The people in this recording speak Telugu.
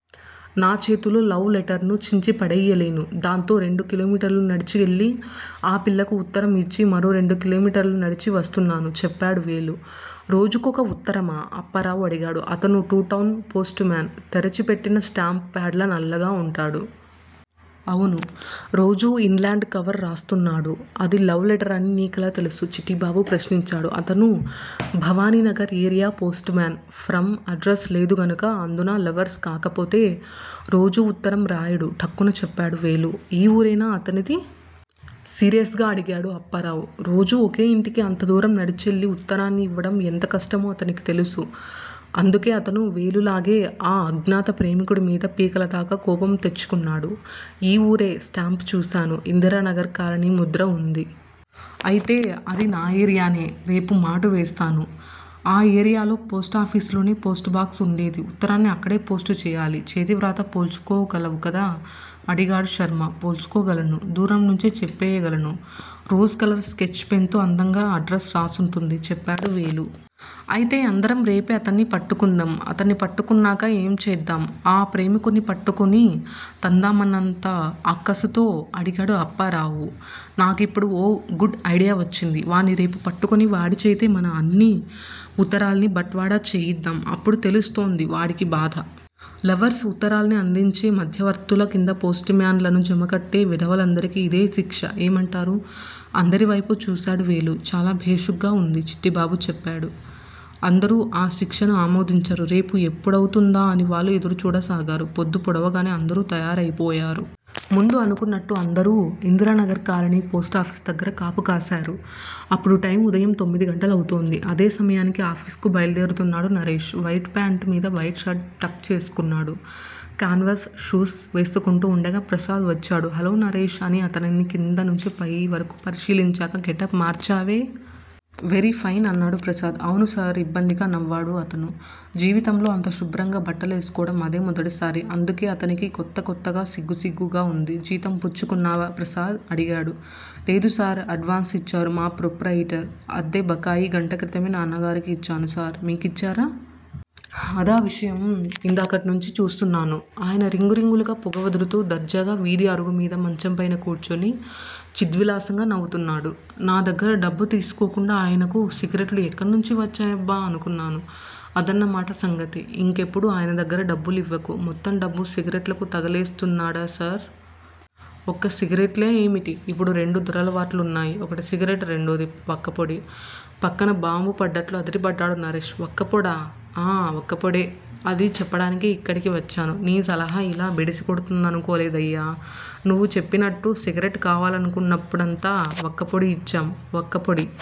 నా చేతుల్తో లవ్ లెటర్ ను చించిపడెయ్యలేను. దాంతో రెండు కిలోమీటర్లు నడిచెళ్ళి ఆ పిల్లకు ఉత్తరం యిచ్చి మరో రెండు కిలోమీటర్లు నడిచి వస్తున్నాను. చెప్పాడు వేలు. రోజుకొక ఉత్తరమా? అప్పారావు అడిగాడు. అతను టు టౌన్ పోస్టుమాన్. తెరిచిపెట్టిన స్టాంప్ ప్యాడ్ లా నల్లగా వుంటాడు. అవును. రోజూ ఇన్ ల్యాండ్ కవర్ రాస్తున్నాడు. అది లవ్ లెటర్ అని నీకెలా తెలుసు? చిట్టిబాబు ప్రశ్నించాడు అతను Bhavaninagar area postman. From address లేదుగనుక. అందునా లవర్స్ కాకపోతే రోజూ ఉత్తరం రాయడు ఠక్కున చెప్పాడు వేలు. ఈ వూరేనా అతనిది? సీరియస్ గా అడిగాడు అప్పారావు రోజూ ఒకే ఇంటికి అంతదూరం నడిచెళ్ళి వుత్తరాన్ని ఇవ్వడం ఎంత కష్టమో అతనికి తెలుసు. అందుకే అతనూ వేలులాగే ఆ అజ్ఞాత ప్రేమికుడు మీద పీకలదాకా కోపం తెచ్చుకున్నాడు. ఈ వూరే, స్టాంప్ చూశాను. ఇందిరానగర్ కాలనీ ముద్ర వుంది. అయితే అది నా ఏరియానే. రేపు మాటు వేస్తాను. ఆ ఏరియాలో పోస్టాఫీసులోనే పోస్టుబాక్స్ వుండేది. ఉత్తరాన్ని అక్కడే పోస్టు చేయాలి. చేతివ్రాత పోల్చుకోగలవు కదా అడిగాడు శర్మ. పోల్చుకోగలను దూరంనుంచే చెప్పేయగలను. రోస్ కలర్ స్కెచ్ పెన్ తో అందంగా అడ్రస్ రాసుంటుంది చెప్పాడు వేలు. అయితే అందరం రేపే అతన్ని పట్టుకుందాం. అతన్ని పట్టుకున్నాక ఏం చేద్దాం? ఆ ప్రేమికుడ్ని పట్టుకుని తందామన్నంత అక్కసుతో అడిగాడు అప్పారావు. నాకిప్పుడు ఓ గుడ్ ఐడియా వచ్చింది. వాడ్ని రేపు పట్టుకుని వాడిచేతే మన అన్ని వుత్తరాల్నీ బట్వాడా చేయిద్దాం. అప్పుడు తెలుస్తోంది వాడికి బాధ. లవర్స్ ఉత్తరాల్ని అందించే మధ్యవర్తుల కింద పోస్టుమ్యాన్ లను జమకట్టే వెధవలందరికీ ఇదే శిక్ష. ఏమంటారు? అందరివైపు చూశాడు వేలు. చాలా భేషుగ్గా వుంది చిట్టిబాబు చెప్పాడు. అందరూ ఆ శిక్షను ఆమోదించారు. రేపు ఎప్పుడౌతుందా అని వాళ్ళు ఎదురుచూడసాగారు. పొద్దు పొడవగానే అందరూ తయారైపోయారు. ముందు అనుకున్నట్టు అందరూ ఇందిరానగర్ కాలనీ పోస్టాఫీసు దగ్గర కాపు కాశారు. అప్పుడు టైమ్ ఉదయం తొమ్మిదిగంటలవుతోంది. అదే సమయానికి ఆఫీస్ కు బయల్దేరుతున్నాడు నరేష్. వైట్ ఫ్యాంట్ మీద వైట్ షర్ట్ టక్ చేసుకున్నాడు. కాన్వాస్ షూస్ వేసుకుంటూ వుండగా ప్రసాద్ వచ్చాడు. హలో నరేష్ అని అతనిని కిందనుంచి పైవరకూ పరిశీలించాక గెటప్ మార్చావే. వెరీఫైన్ అన్నాడు ప్రసాద్. అవును సార్ ఇబ్బందిగా నవ్వాడు అతను. జీవితంలో అంత శుభ్రంగా బట్టలేసుకోవడం అదే మొదటిసారి. అందుకే అతనికి కొత్త కొత్తగా సిగ్గుసిగ్గుగా వుంది. జీతం పుచ్చుకున్నావా? ప్రసాద్ అడిగాడు. లేదు సార్. అడ్వాన్స్ ఇచ్చారు మా ప్రొప్రయిటర్. అద్దె బకాయి గంట క్రితమే నాన్నగారికి ఇచ్చాను సార్ మీకిచ్చారా? అదా విషయం. ఇందాకట్నుంచీ చూస్తున్నాను. ఆయన రింగు రింగులుగా పొగ వదులుతూ దర్జాగా వీధి అరుగుమీద మంచంపైన కూర్చుని చిద్విలాసంగా నవ్వుతున్నారు. నా దగ్గర డబ్బు తీసుకోకుండా ఈయనకు సిగరెట్లు ఎక్కడి నుంచి వచ్చాయబ్బా అనుకున్నాను. అదన్నమాట సంగతి. ఇంకెప్పుడూ ఆయన దగ్గర డబ్బులివ్వకు. మొత్తం డబ్బూ సిగరెట్లకు తగలేస్తున్నాడా సార్? ఒక్క సిగరెట్లే యేమిటి? ఇప్పుడు రెండు దురలవాట్లున్నాయి. ఒకటి సిగరెట్. రెండోది వక్కపొడి. పక్కన బాంబుపడ్డట్లు అదిరిపడ్డాడు నరేష్. వక్కపొడా? ఆఁ వక్కపొడే! అది చెప్పడానికే ఇక్కడికి వచ్చాను. నీ సలహా యిలా బెడిసికొడుతుందనుకోలేదయ్యా! నువ్వు చెప్పినట్టు సిగరెట్ కావాలనుకున్నప్పుడంతా వక్కపొడి యిచ్చాం. వక్కపొడి